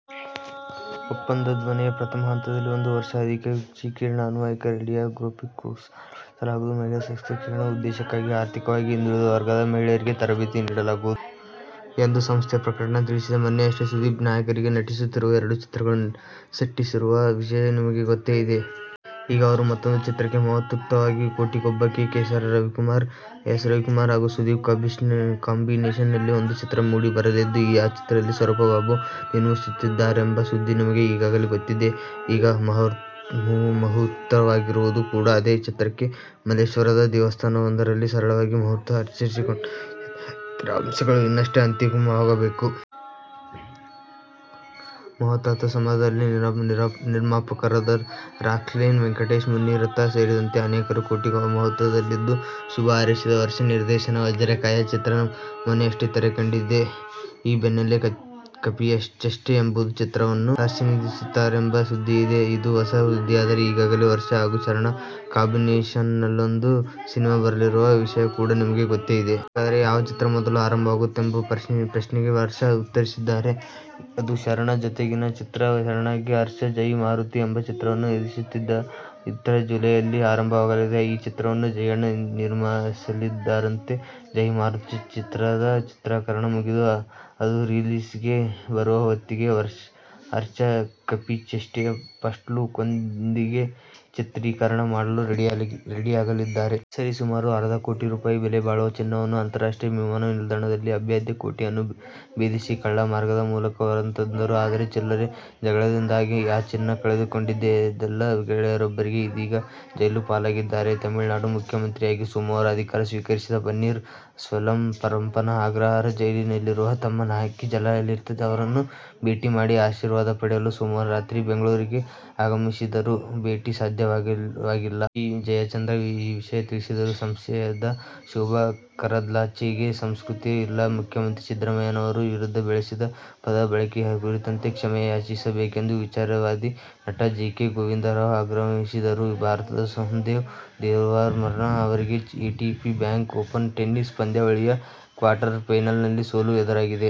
ಒಪ್ಪಂದದನ್ವಯ ಪ್ರಥಮ ಹಂತದಲ್ಲಿ ಒಂದು ವರ್ಷ ಅವಧಿಯ ಕ್ಷ-ಕಿರಣ ಆನ್ವಯಿಕ ರೇಡಿಯೋಗ್ರಾಫಿಕ್ ಕೋರ್ಸ್ ಆರಂಭಿಸಲಾಗುವುದು. ಮಹಿಳಾ ಸಶಕ್ತೀಕರಣ ಉದ್ದೇಶಕ್ಕಾಗಿ ಆರ್ಥಿಕವಾಗಿ ಹಿಂದುಳಿದ ವರ್ಗದ ಮಹಿಳೆಯರಿಗೆ ತರಬೇತಿ ನೀಡಲಾಗುವುದು ಎಂದು ಸಂಸ್ಥೆಯ ಪ್ರಕಟಣೆ ತಿಳಿಸಿದೆ. ಮೊನ್ನೆಯಷ್ಟೇ ಸುದೀಪ್ ನಾಯಕರಾಗಿ ನಟಿಸುತ್ತಿರುವ ಎರಡು ಚಿತ್ರಗಳು ಸೆಟ್ಟೇರಿರುವ ವಿಷಯ ನಿಮಗೆ ಗೊತ್ತೇ ಇದೆ. ಈಗ ಅವರ ಮತ್ತೂಂದು ಚಿತ್ರಕ್ಕೆ ಮುಹೂರ್ತವಾಗಿದೆ. ಅದು "ಕೋಟಿಗೊಬ್ಬ'. ಕೆ. ಎಸ್. ರವಿಕುಮಾರ್ ಹಾಗೂ ಸುದೀಪ್ ಕಾಂಬಿನೇಶನ್ನಲ್ಲಿ ಒಂದು ಚಿತ್ರ ಮೂಡಿಬರಲಿದ್ದು, ಆ ಚಿತ್ರವನ್ನು ಸೂರಪ್ಪ ಬಾಬು ನಿರ್ಮಿಸುತ್ತಿದ್ದಾರೆಂಬ ಸುದ್ದಿ ನಿಮಗೆ ಈಗಾಗಲೇ ಗೊತ್ತಿದೆ. ಈಗ ಮುಹೂರ್ತವಾಗಿರುವುದು ಕೂಡಾ ಅದೇ ಚಿತ್ರಕ್ಕೆ. ಮಲ್ಲೇಶ್ವರದ ದೇವಸ್ಥಾನವೊಂದರಲ್ಲಿ ಸರಳವಾಗಿ ಮುಹೂರ್ತ ಆಚರಿಸಿಕೊಂಡ ಈ ಚಿತ್ರದ ಇತರ ಅಂಶಗಳು ಇನ್ನಷ್ಟೇ ಅಂತಿಮವಾಗಬೇಕು. ಮುಹೂರ್ತ ಸಮಾರಂಭದಲ್ಲಿ ನಿರ್ಮಾಪಕರಾದ ರಾಕ್ಲೈನ್ ವೆಂಕಟೇಶ್, ಮುನಿರತ್ನ ಸೇರಿದಂತೆ ಅನೇಕರು "ಕೋಟಿಗೊಬ್ಬ' ಮುಹೂರ್ತದಲ್ಲಿದ್ದು ಶುಭ ಹಾರೈಸಿದರು. ಹರ್ಷ ನಿರ್ದೇಶನದ "ವಜ್ರಕಾಯ' ಚಿತ್ರ ಮೊನ್ನೆಯಷ್ಟೇ ತೆರೆಕಂಡಿದೆ. ಈ ಬೆನ್ನಲ್ಲೇ "ಕಪಿಚೇಷ್ಟೆ' ಎಂಬ ಚಿತ್ರವನ್ನು ಹರ್ಷ ನಿರ್ದೇಶಿಸುತ್ತಾರೆಂಬ ಸುದ್ದಿಯಿದೆ. ಇದು ಹೊಸ ಸುದ್ದಿಯಾದರೆ ಈಗಾಗಲೇ ಹರ್ಷ ಹಾಗೂ ಶರಣ್ ಕಾಂಬಿನೇಶನ್ನಲ್ಲೊಂದು ಸಿನಿಮಾ ಬರಲಿರುವ ವಿಷಯ ಕೂಡಾ ನಿಮಗೆ ಗೊತ್ತೇ ಇದೆ. ಹಾಗಾದರೆ ಯಾವ ಚಿತ್ರ ಮೊದಲು ಆರಂಭವಾಗುತ್ತದೆಂಬ ಪ್ರಶ್ನೆಗೆ ಹರ್ಷ ಉತ್ತರಿಸಿದ್ದಾರೆ. ಅದು ಶರಣ್ ಜೊತೆಗಿನ ಚಿತ್ರ. ಶರಣ್ಗಾಗಿ ಹರ್ಷ "ಜೈ ಮಾರುತಿ ' ಎಂಬ ಚಿತ್ರವನ್ನು ನಿರ್ದೇಶಿಸುತ್ತಿದ್ದು, ಚಿತ್ರ ಜುಲೈಯಲ್ಲಿ ಆರಂಭವಾಗಲಿದೆ. ಈ ಚಿತ್ರವನ್ನು ಜಯಣ್ಣ ನಿರ್ಮಿಸಲಿದ್ದಾರಂತೆ. "ಜೈ ಮಾರುತಿ ' ಚಿತ್ರದ ಚಿತ್ರೀಕರಣ ಮುಗಿದು, ಅದು ರಿಲೀಸ್ಗೆ ಬರುವ ಹೊತ್ತಿಗೆ ಹರ್ಷ "ಕಪಿಚೇಷ್ಟೆ'ಯ ಫಸ್ಟ್ಲುಕ್ನೊಂದಿಗೆ ಚಿತ್ರೀಕರಣ ಮಾಡಲು ರೆಡಿಯಾಗಲಿದ್ದಾರೆ. ಸರಿ ಸುಮಾರು ಅರ್ಧ ಕೋಟಿ ರೂ. ಬೆಲೆ ಬಾಳುವ ಚಿನ್ನವನ್ನುಅಂತಾರಾಷ್ಟ್ರೀಯ ವಿಮಾನ ನಿಲ್ದಾಣದ ಅಭೇದ್ಯ ಕೋಟೆಯನ್ನು ಭೇದಿಸಿ ಕಳ್ಳ ಮಾರ್ಗದ ಮೂಲಕ ಹೊರತಂದರು. ಆದರೆ "ಚಿಲ್ಲರೆ' ಜಗಳದಿಂದಾಗಿ ಆ ಚಿನ್ನ ಕಳೆದುಕೊಂಡಿದ್ದಲ್ಲದೆ, ಗೆಳೆಯರಿಬ್ಬರು ಇದೀಗ ಜೈಲುಪಾಲಾಗಿದ್ದಾರೆ! ತಮಿಳುನಾಡು ಮುಖ್ಯಮಂತ್ರಿಯಾಗಿ ಸೋಮವಾರ ಅಧಿಕಾರ ಸ್ವೀಕರಿಸಿದ ಪನ್ನೀರ್ ಸೆಲ್ವಂ ಪರಪ್ಪನ ಅಗ್ರಹಾರ ಜೈಲಿನಲ್ಲಿರುವ ತಮ್ಮ ನಾಯಕಿ ಜಯಲಲಿತಾ ಅವರನ್ನು ಭೇಟಿ ಮಾಡಿ ಆಶೀರ್ವಾದ ಪಡೆಯಲು ಸೋಮವಾರ ರಾತ್ರಿ ಬೆಂಗಳೂರಿಗೆ ಆಗಮಿಸಿದರಾದರೂ ಭೇಟಿ ಸಾಧ್ಯವಾಗಿಲ್ಲ. ಬಿ. ಜಯಚಂದ್ರ ಈ ವಿಷಯ ತಿಳಿಸಿದರು. ಸಂಸದೆ ಶೋಭಾ ಕರಂದ್ಲಾಜೆಗೆ ಸಂಸ್ಕೃತಿಯೇ ಇಲ್ಲ. ಮುಖ್ಯಮಂತ್ರಿ ಸಿದ್ದರಾಮಯ್ಯನವರ ವಿರುದ್ಧ ಬಳಸಿದ ಪದ ಬಳಕೆ ಕುರಿತಂತೆ ಕ್ಷಮೆಯಾಚಿಸಬೇಕೆಂದು ವಿಚಾರವಾದಿ, ನಟ ಜಿಕೆ ಗೋವಿಂದರಾವ್ ಆಗ್ರಹಿಸಿದರು. ಭಾರತದ ಸೋಮ್ದೇವ್ ದೇವವರ್ಮನ್ ಅವರಿಗೆ "ಎಟಿಪಿ ಬ್ಯಾಂಕಾಕ್ ಓಪನ್ ಟೆನಿಸ್ ಪಂದ್ಯಾವಳಿ'ಯ ಕ್ವಾರ್ಟರ್ ಫೈನಲ್ನಲ್ಲಿ ಸೋಲು ಎದುರಾಗಿದೆ.